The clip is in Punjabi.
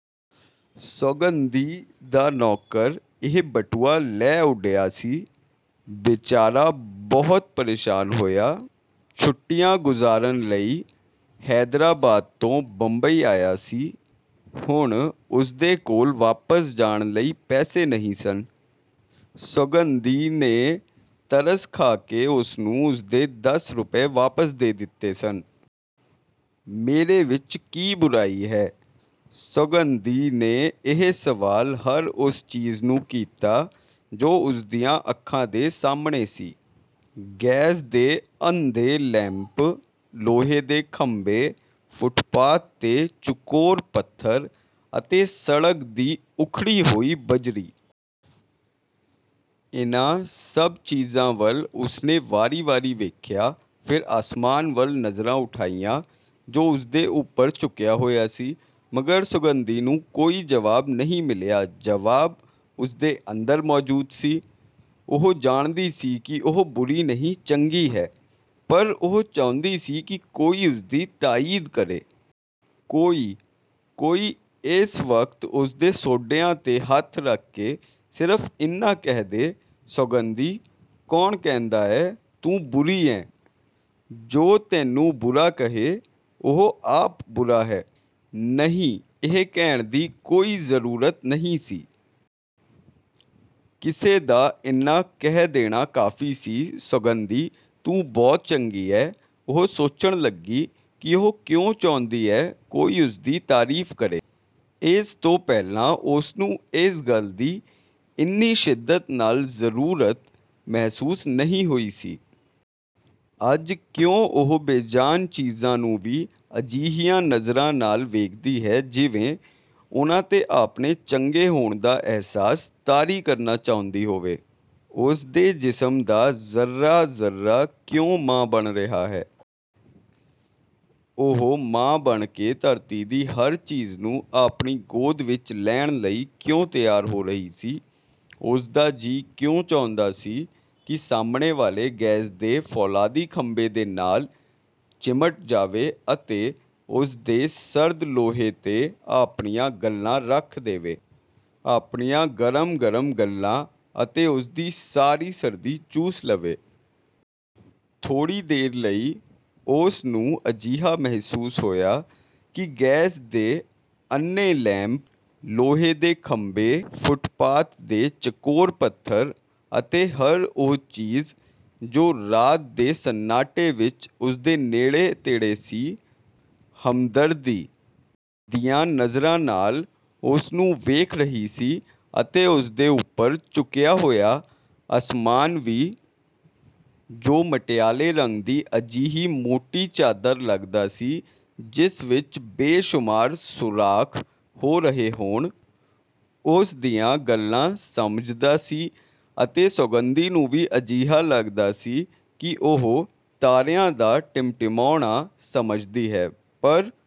ਸੌਗੰਧੀ ਦਾ ਨੌਕਰ ਇਹ ਬਟੂਆ ਲੈ ਉੱਡਿਆ ਸੀ। ਬੇਚਾਰਾ ਬਹੁਤ ਪਰੇਸ਼ਾਨ ਹੋਇਆ। ਛੁੱਟੀਆਂ ਗੁਜ਼ਾਰਨ ਲਈ ਹੈਦਰਾਬਾਦ ਤੋਂ ਬੰਬਈ ਆਇਆ ਸੀ। ਹੁਣ ਉਸਦੇ ਕੋਲ ਵਾਪਸ ਜਾਣ ਲਈ ਪੈਸੇ ਨਹੀਂ ਸਨ। ਸੌਗੰਧੀ ਨੇ ਤਰਸ ਖਾ ਕੇ ਉਸਨੂੰ ਉਸਦੇ ਦਸ ਰੁਪਏ ਵਾਪਸ ਦੇ ਦਿੱਤੇ ਸਨ। ਮੇਰੇ ਵਿੱਚ ਕੀ ਬੁਰਾਈ ਹੈ? ਸੌਗੰਧੀ ਨੇ ਇਹ ਸਵਾਲ ਹਰ ਉਸ ਚੀਜ਼ ਨੂੰ ਕੀਤਾ ਜੋ ਉਸਦੀਆਂ ਅੱਖਾਂ ਦੇ ਸਾਹਮਣੇ ਸੀ। ਗੈਸ ਦੇ ਅੰਧੇ ਲੈਂਪ, ਲੋਹੇ ਦੇ ਖੰਭੇ, ਫੁਟਪਾਥ ਦੇ ਚੁਕੋਰ ਪੱਥਰ ਅਤੇ ਸੜਕ ਦੀ ਉਖੜੀ ਹੋਈ ਬਜਰੀ। ਇਨ੍ਹਾਂ ਸਭ ਚੀਜ਼ਾਂ ਵੱਲ ਉਸਨੇ ਵਾਰੀ ਵਾਰੀ ਵੇਖਿਆ, ਫਿਰ ਅਸਮਾਨ ਵੱਲ ਨਜ਼ਰਾਂ ਉਠਾਈਆਂ ਜੋ ਉਸਦੇ ਉੱਪਰ ਝੁੱਕਿਆ ਹੋਇਆ ਸੀ, ਮਗਰ ਸੌਗੰਧੀ ਨੂੰ ਕੋਈ ਜਵਾਬ ਨਹੀਂ ਮਿਲਿਆ। ਜਵਾਬ ਉਸਦੇ ਅੰਦਰ ਮੌਜੂਦ ਸੀ। ਉਹ ਜਾਣਦੀ ਸੀ ਕਿ ਉਹ ਬੁਰੀ ਨਹੀਂ, ਚੰਗੀ ਹੈ, ਪਰ ਉਹ ਚਾਹੁੰਦੀ ਸੀ ਕਿ ਕੋਈ ਉਸਦੀ ਤਾਈਦ ਕਰੇ। ਕੋਈ, ਕੋਈ, ਇਸ ਵਕਤ ਉਸਦੇ ਮੋਢਿਆਂ ਤੇ ਹੱਥ ਰੱਖ ਕੇ ਸਿਰਫ਼ ਇੰਨਾ ਕਹਿ ਦੇ, "ਸੌਗੰਧੀ! ਕੌਣ ਕਹਿੰਦਾ ਹੈ, ਤੂੰ ਬੁਰੀ ਹੈਂ, ਜੋ ਤੈਨੂੰ ਬੁਰਾ ਕਹੇ, ਉਹ ਆਪ ਬੁਰਾ ਹੈ।" ਨਹੀਂ, ਇਹ ਕਹਿਣ ਦੀ ਕੋਈ ਜ਼ਰੂਰਤ ਨਹੀਂ ਸੀ। ਕਿਸੇ ਦਾ ਇੰਨਾ ਕਹਿ ਦੇਣਾ ਕਾਫ਼ੀ ਸੀ, "ਸੌਗੰਧੀ, ਤੂੰ ਬਹੁਤ ਚੰਗੀ ਹੈਂ!" ਉਹ ਸੋਚਣ ਲੱਗੀ ਕਿ ਉਹ ਕਿਉਂ ਚਾਹੁੰਦੀ ਹੈ ਕੋਈ ਉਸਦੀ ਤਾਰੀਫ਼ ਕਰੇ। ਇਸ ਤੋਂ ਪਹਿਲਾਂ ਉਸਨੂੰ ਇਸ ਗੱਲ ਦੀ ਇੰਨੀ ਸ਼ਿੱਦਤ ਨਾਲ਼ ਜ਼ਰੂਰਤ ਮਹਿਸੂਸ ਨਹੀਂ ਹੋਈ ਸੀ। ਅੱਜ ਕਿਉਂ ਉਹ ਬੇਜਾਨ ਚੀਜ਼ਾਂ ਨੂੰ ਵੀ ਅਜਿਹੀਆਂ ਨਜ਼ਰਾਂ ਨਾਲ਼ ਵੇਖਦੀ ਹੈ, ਜਿਵੇਂ ਉਨ੍ਹਾਂ ਤੇ ਆਪਣੇ ਚੰਗੇ ਹੋਣ ਦਾ ਅਹਿਸਾਸ ਤਾਰੀ ਕਰਨਾ ਚਾਹੁੰਦੀ ਹੋਵੇ, ਉਸਦੇ ਜਿਸਮ ਦਾ ਜ਼ੱਰਾ ਜ਼ੱਰਾ ਕਿਉਂ ਮਾਂ ਬਣ ਰਿਹਾ ਹੈ। ਉਹ ਮਾਂ ਬਣ ਕੇ ਧਰਤੀ ਦੀ ਹਰ ਚੀਜ਼ ਨੂੰ ਆਪਣੀ ਗੋਦ ਵਿੱਚ ਲੈਣ ਲਈ ਕਿਉਂ ਤਿਆਰ ਹੋ ਰਹੀ ਸੀ? ਉਸ ਦਾ ਜੀ ਕਿਉਂ ਚਾਹੁੰਦਾ ਸੀ ਕਿ ਸਾਹਮਣੇ ਵਾਲੇ ਗੈਸ ਦੇ ਫੌਲਾਦੀ ਖੰਭੇ ਦੇ ਨਾਲ਼ ਚਿਮਟ ਜਾਵੇ ਅਤੇ ਉਸਦੇ ਸਰਦ ਲੋਹੇ ਤੇ ਆਪਣੀਆਂ ਗੱਲ੍ਹਾਂ ਰੱਖ ਦੇਵੇ, ਆਪਣੀਆਂ ਗਰਮ-ਗਰਮ ਗੱਲ੍ਹਾਂ ਅਤੇ ਉਸਦੀ ਸਾਰੀ ਸਰਦੀ ਚੂਸ ਲਵੇ। ਥੋੜ੍ਹੀ ਦੇਰ ਲਈ ਉਸਨੂੰ ਅਜਿਹਾ ਮਹਿਸੂਸ ਹੋਇਆ ਕਿ ਗੈਸ ਦੇ ਅੰਨ੍ਹੇ ਲੈਂਪ, ਲੋਹੇ ਦੇ ਖੰਭੇ, ਫੁਟਪਾਥ ਦੇ ਚਕੋਰ ਪੱਥਰ ਅਤੇ ਹਰ ਉਹ ਚੀਜ਼ ਜੋ ਰਾਤ ਦੇ ਸੰਨਾਟੇ ਵਿੱਚ ਉਸਦੇ ਨੇੜੇ ਤੇੜੇ ਸੀ, ਹਮਦਰਦੀ ਦੀਆਂ ਨਜ਼ਰਾਂ ਨਾਲ਼ ਉਸਨੂੰ ਵੇਖ ਰਹੀ ਸੀ ਅਤੇ ਉਸਦੇ ਉੱਪਰ ਝੁੱਕਿਆ ਹੋਇਆ ਅਸਮਾਨ ਵੀ ਜੋ ਮਟਿਆਲੇ ਰੰਗ ਦੀ ਅਜਿਹੀ ਮੋਟੀ ਚਾਦਰ ਲੱਗਦਾ ਸੀ ਜਿਸ ਵਿੱਚ ਬੇਸ਼ੁਮਾਰ ਸੂਰਾਖ਼ ਹੋ ਰਹੇ ਹੋਣ, ਉਸਦੀਆਂ ਗੱਲਾਂ ਸਮਝਦਾ ਸੀ ਅਤੇ ਸੌਗੰਧੀ ਨੂੰ ਵੀ ਅਜਿਹਾ ਲੱਗਦਾ ਸੀ ਕਿ ਉਹ ਤਾਰਿਆਂ ਦਾ ਟਿਮਟਿਮਾਉਣਾ ਸਮਝਦੀ ਹੈ। ਪਰ